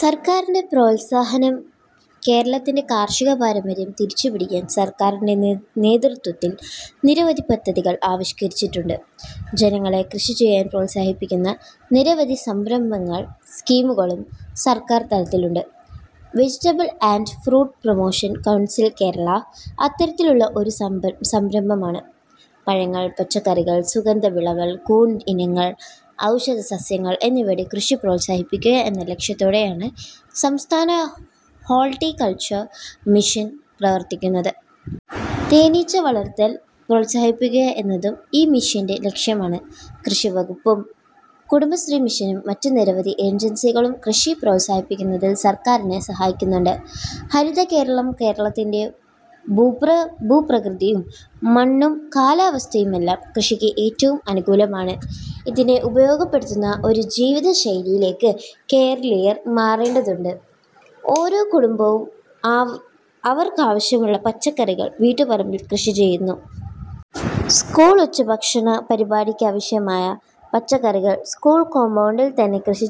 സർക്കാരിന്റെ പ്രോത്സാഹനം കേരളത്തിന്റെ കാർഷിക പാരമ്പര്യം തിരിച്ചു പിടിക്കാൻ സർക്കാരിന്റെ നേതൃത്വത്തിൽ നിരവധി പദ്ധതികൾ ആവിഷ്കരിച്ചിട്ടുണ്ട്. ജനങ്ങളെ കൃഷി ചെയ്യാൻ പ്രോത്സാഹിപ്പിക്കുന്ന നിരവധി സ്കീമുകളും സർക്കാർ തലത്തിലുണ്ട്. Vegetable and fruit promotion council Kerala, അത്തരത്തിലുള്ള ഒരു സംരംഭമാണ്. പഴങ്ങൾ, പച്ചക്കറികൾ, സുഗന്ധ വിളകൾ, കൂൺ ഇനങ്ങൾ, ഔഷധ സസ്യങ്ങൾ എന്നിവയുടെ കൃഷി പ്രോത്സാഹിപ്പിക്കുക എന്ന ലക്ഷ്യത്തോടെയാണ് സംസ്ഥാന ഹോൾട്ടി കൾച്ചർ മിഷൻ പ്രവർത്തിക്കുന്നത്. തേനീച്ച വളർത്തൽ പ്രോത്സാഹിപ്പിക്കുക എന്നതും ഈ മിഷന്റെ ലക്ഷ്യമാണ്. കൃഷിവകുപ്പും കുടുംബശ്രീ മിഷനും മറ്റു നിരവധി ഏജൻസികളും കൃഷി പ്രോത്സാഹിപ്പിക്കുന്നതിൽ സർക്കാരിനെ സഹായിക്കുന്നുണ്ട്. ഹരിതകേരളം കേരളത്തിന്റെ ഭൂപ്രകൃതിയും മണ്ണും കാലാവസ്ഥയുമെല്ലാം കൃഷിക്ക് ഏറ്റവും അനുകൂലമാണ്. ഇതിനെ ഉപയോഗപ്പെടുത്തുന്ന ഒരു ജീവിത ശൈലിയിലേക്ക് കേരളീയർ മാറേണ്ടതുണ്ട്. ഓരോ കുടുംബവും അവർക്കാവശ്യമുള്ള പച്ചക്കറികൾ വീട്ടുപറമ്പിൽ കൃഷി ചെയ്യുന്നു. സ്കൂൾ ഉച്ചഭക്ഷണ പരിപാടിക്കാവശ്യമായ പച്ചക്കറികൾ സ്കൂൾ കോമ്പൗണ്ടിൽത്തന്നെ കൃഷി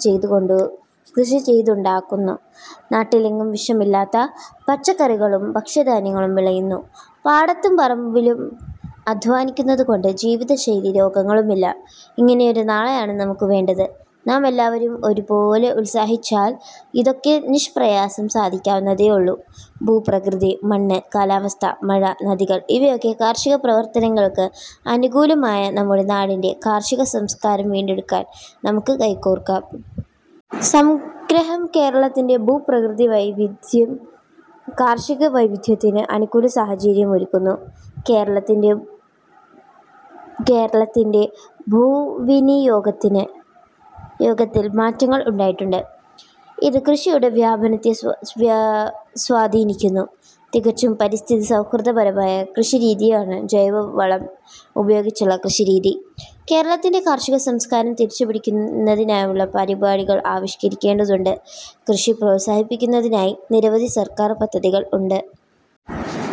ചെയ്തുണ്ടാക്കുന്നു. നാട്ടിലെങ്ങും വിഷമില്ലാത്ത പച്ചക്കറികളും ഭക്ഷ്യധാന്യങ്ങളും വിളയുന്നു. പാടത്തും പറമ്പിലും അദ്ധ്വാനിക്കുന്നതുകൊണ്ട് ജീവിതശൈലീ രോഗങ്ങളുമില്ല. ഇങ്ങനെയൊരു നാളെയാണ് നമുക്കു വേണ്ടത്. നാമെല്ലാവരും ഒരു പോലെ ഉത്സാഹിച്ചാൽ ഇതൊക്കെ നിഷ്പ്രയാസം സാധിക്കാവുന്നതേയുള്ളൂ. ഭൂപ്രകൃതി, മണ്ണ്, കാലാവസ്ഥ, മഴ, നദികൾ ഇവയൊക്കെ കാർഷികപ്രവർത്തനങ്ങൾക്ക് അനുകൂലമായ നമ്മുടെ നാടിന്റെ കാർഷിക സംസ്കാരം വീണ്ടെടുക്കാൻ നമുക്ക് കൈകോർക്കാം. സംഗ്രഹം കേരളത്തിന്റെ ഭൂപ്രകൃതി വൈവിധ്യം കാർഷികവൈവിധ്യത്തിന് അനുകൂല സാഹചര്യം ഒരുക്കുന്നു. കേരളത്തിന്റെ ഭൂവിനിയോഗത്തിൽ മാറ്റങ്ങൾ ഉണ്ടായിട്ടുണ്ട്. ഇത് കൃഷിയുടെ വ്യാപനത്തെ സ്വാധീനിക്കുന്നു. തികച്ചും പരിസ്ഥിതി സൗഹൃദപരമായ കൃഷിരീതിയാണ് ജൈവവളം ഉപയോഗിച്ചുള്ള കൃഷിരീതി. കേരളത്തിന്റെ കാർഷിക സംസ്കാരം തിരിച്ചുപിടിക്കുന്നതിനായുള്ള പരിപാടികൾ ആവിഷ്കരിക്കേണ്ടതുണ്ട്. കൃഷി പ്രോത്സാഹിപ്പിക്കുന്നതിനായി നിരവധി സർക്കാർ പദ്ധതികൾ ഉണ്ട്.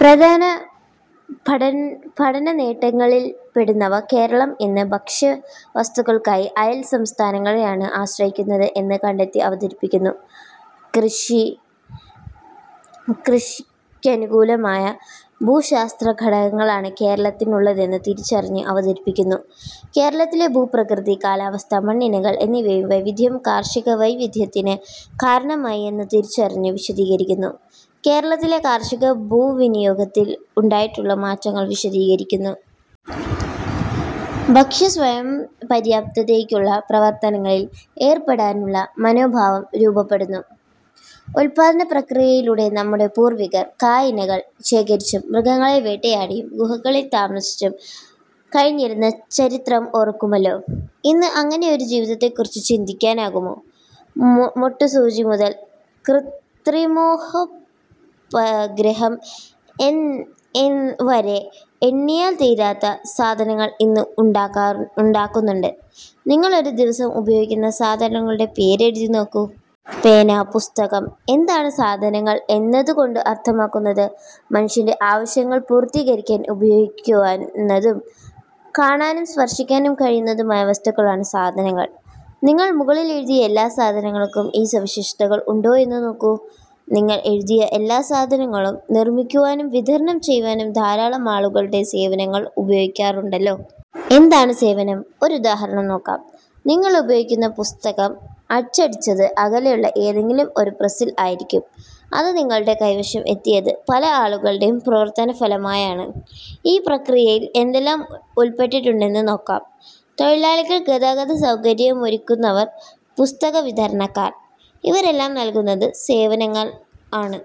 പ്രധാന പഠനനേട്ടങ്ങളിൽപ്പെടുന്നവ കേരളം ഇന്ന് ഭക്ഷ്യവസ്തുക്കൾക്കായി അയൽ സംസ്ഥാനങ്ങളെയാണ് ആശ്രയിക്കുന്നത് എന്നു കണ്ടെത്തി അവതരിപ്പിക്കുന്നു. കൃഷിക്കനുകൂലമായ ഭൂമിശാസ്ത്ര ഘടകങ്ങളാണ് കേരളത്തിലുള്ളതെന്ന് തിരിച്ചറിഞ്ഞ് അവതരിപ്പിക്കുന്നു. കേരളത്തിലെ ഭൂപ്രകൃതി, കാലാവസ്ഥ, മണ്ണിനങ്ങൾ എന്നിവയിലെ വൈവിധ്യം കാർഷിക വൈവിധ്യത്തിന് കാരണമായി എന്നു തിരിച്ചറിഞ്ഞ് വിശദീകരിക്കുന്നു. കേരളത്തിലെ കാർഷിക ഭൂവിനിയോഗത്തിൽ ഉണ്ടായിട്ടുള്ള മാറ്റങ്ങൾ വിശദീകരിക്കുന്നു. ഭക്ഷ്യസ്വയംപര്യാപ്തതയ്ക്കായുള്ള പ്രവർത്തനങ്ങളിൽ ഏർപ്പെടാനുള്ള മനോഭാവം രൂപപ്പെടുന്നു. ഉല്പാദനപ്രക്രിയയിലൂടെ നമ്മുടെ പൂർവികർ കായ്കനികൾ ശേഖരിച്ചും മൃഗങ്ങളെ വേട്ടയാടിയും ഗുഹകളിൽ താമസിച്ചും കഴിഞ്ഞിരുന്ന ചരിത്രം ഓർക്കുമല്ലോ. ഇന്ന് അങ്ങനെ ഒരു ജീവിതത്തെക്കുറിച്ച് ചിന്തിക്കാനാകുമോ? മൊട്ട് സൂചി മുതൽ കൃത്രിമോപഗ്രഹം വരെ എണ്ണിയാൽ തീരാത്തത സാധനങ്ങൾ ഇന്ന് ഉണ്ടാക്കുന്നുണ്ട്. നിങ്ങൾ ഒരു ദിവസം ഉപയോഗിക്കുന്ന സാധനങ്ങളുടെ പേര് എഴുതിനോക്കൂ. പേന, പുസ്തകം. എന്താണ് സാധനങ്ങൾ എന്നതുകൊണ്ട് അർത്ഥമാക്കുന്നത്? മനുഷ്യന്റെ ആവശ്യങ്ങൾ പൂർത്തീകരിക്കാൻ ഉപയോഗിക്കാവുന്നതും കാണാനും സ്പർശിക്കാനും കഴിയുന്നതുമായ വസ്തുക്കളാണ് സാധനങ്ങൾ. നിങ്ങൾ മുകളിൽ എഴുതിയ എല്ലാ സാധനങ്ങൾക്കും ഈ സവിശേഷതകൾ ഉണ്ടോ എന്ന് നോക്കൂ. നിങ്ങൾ എഴുതിയ എല്ലാ സാധനങ്ങളും നിർമിക്കുവാനും വിതരണം ചെയ്യുവാനും ധാരാളം ആളുകളുടെ സേവനങ്ങൾ ഉപയോഗിക്കാറുണ്ടല്ലോ. എന്താണ് സേവനം? ഒരു ഉദാഹരണം നോക്കാം. നിങ്ങൾ ഉപയോഗിക്കുന്ന പുസ്തകം അച്ചടിച്ചത് അകലെയുള്ള ഏതെങ്കിലും ഒരു പ്രസിൽ ആയിരിക്കും. അത് നിങ്ങളുടെ കൈവശം എത്തിയത് പല ആളുകളുടെയും പ്രവർത്തനഫലമായാണ്. ഈ പ്രക്രിയയിൽ എന്തെല്ലാം ഉൾപ്പെട്ടിട്ടുണ്ടെന്ന് നോക്കാം. തൊഴിലാളികൾ ഗതാഗതസൗകര്യമൊരുക്കുന്നവർ പുസ്തക വിതരണക്കാർ. ഇവരെല്ലാം നൽകുന്നത് സേവനങ്ങൾ ആണ്.